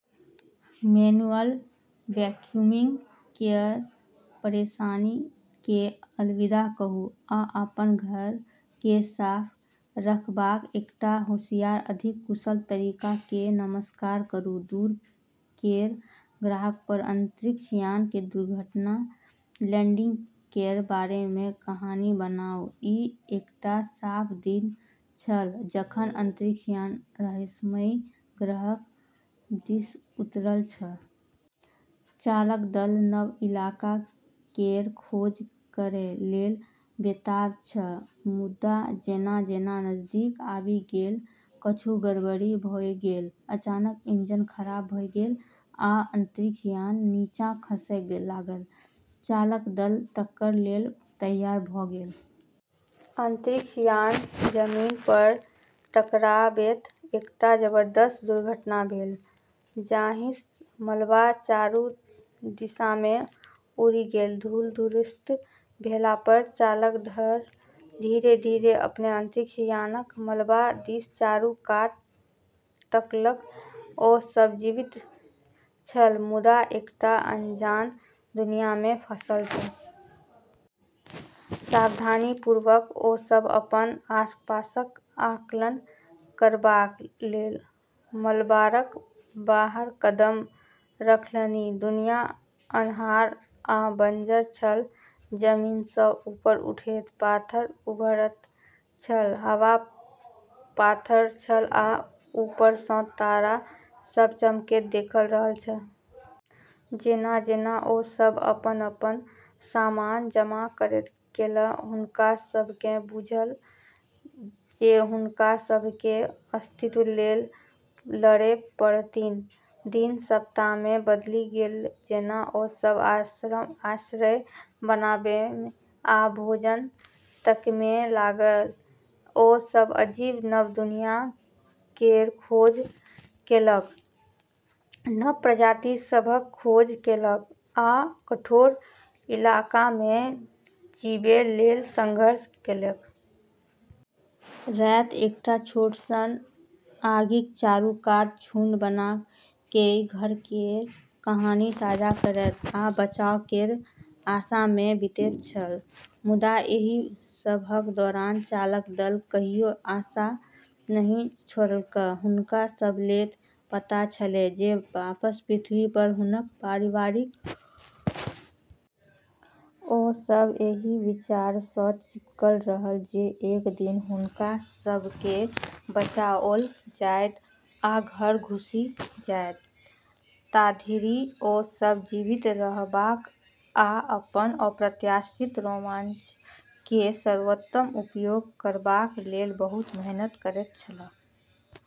Manual vacuuming केर परेशानीकेँ अलविदा कहू आ अपन घरकेँ साफ रखबाक एकटा होशियार, अधिक कुशल तरीकाकेँ नमस्कार करू। दूर केर ग्रहपर अंतरिक्ष यान केर दुर्घटना-लैंडिंग केर बारेमे कहानी बनाउ। ई एकटा साफ दिन छल जखन अंतरिक्ष यान रहस्यमयी ग्रह दिस उतरल छल। चालक दल नव इलाका केर खोज करै लेल बेताब छल, मुदा जेना-जेना नजदीक आबि गेल, किछु गड़बड़ी भऽ गेल। अचानक इंजन खराब भऽ गेल आ अंतरिक्ष यान नीचाँ खसै लागल। चालक दल टक्कर लेल तैयार भऽ गेल। अंतरिक्ष यान जमीनपर टकराबैत एकटा जबरदस्त दुर्घटना भेल, जाहिसँ मलबा चारू दिशामे उड़ि गेल। धूल-धूसरित भेलापर चालक दल धीरे-धीरे अपन अंतरिक्ष यानक मलबा दिस चारू कात तकलक। ओ सभ जीवित छल, मुदा एकटा अनजान दुनियामे फंसल छल। सावधानीपूर्वक ओ सब अपन आसपासक आकलन करबाक लेल मलबारक बाहर कदम रखलनि। दुनिया अन्हार आ बंजर छल, जमीनसँ ऊपर उठैत पाथर उभरैत छल। हवा पातर छल आ ऊपरसँ तारा सभ चमकैत देखा रहल छल। जेना-जेना ओ सभ अपन-अपन सामान जमा करैत गेलाह, हुनका सभकेँ बुझायल जे हुनका सभकेँ अस्तित्व लेल लड़ै पड़तनि। दिन सप्ताहमे बदलि गेल जेना ओ सब आश्रय बनाबैमे आ भोजन तकैमे लागल। ओ सब अजीब नव दुनिया केर खोज केलक, नव प्रजाति सभक खोज केलक आ कठोर इलाकामे जीबै लेल संघर्ष केलक। राति एकटा छोट सन आगिक चारू कात झुंड बना कऽ घर केर कहानी साझा करैत आ बचाव केर आशामे बीतैत छल। मुदा एहि सबहक दौरान चालक दल कहियो आशा नहि छोड़लक। हुनका सब लेल पता छलै जे वापस पृथ्वीपर हुनक परिवार हुनक इंतजार कऽ रहल छै। ओ सभ एहि विचारसँ चिपकल रहल जे एक दिन हुनका सभकेँ बचाओल जाएत आ घर घुरि जाएत। ताधरि ओ सब जीवित रहबाक आ अपन अप्रत्याशित रोमांच केर सर्वोत्तम उपयोग करबाक लेल बहुत मेहनत करैत छलाह।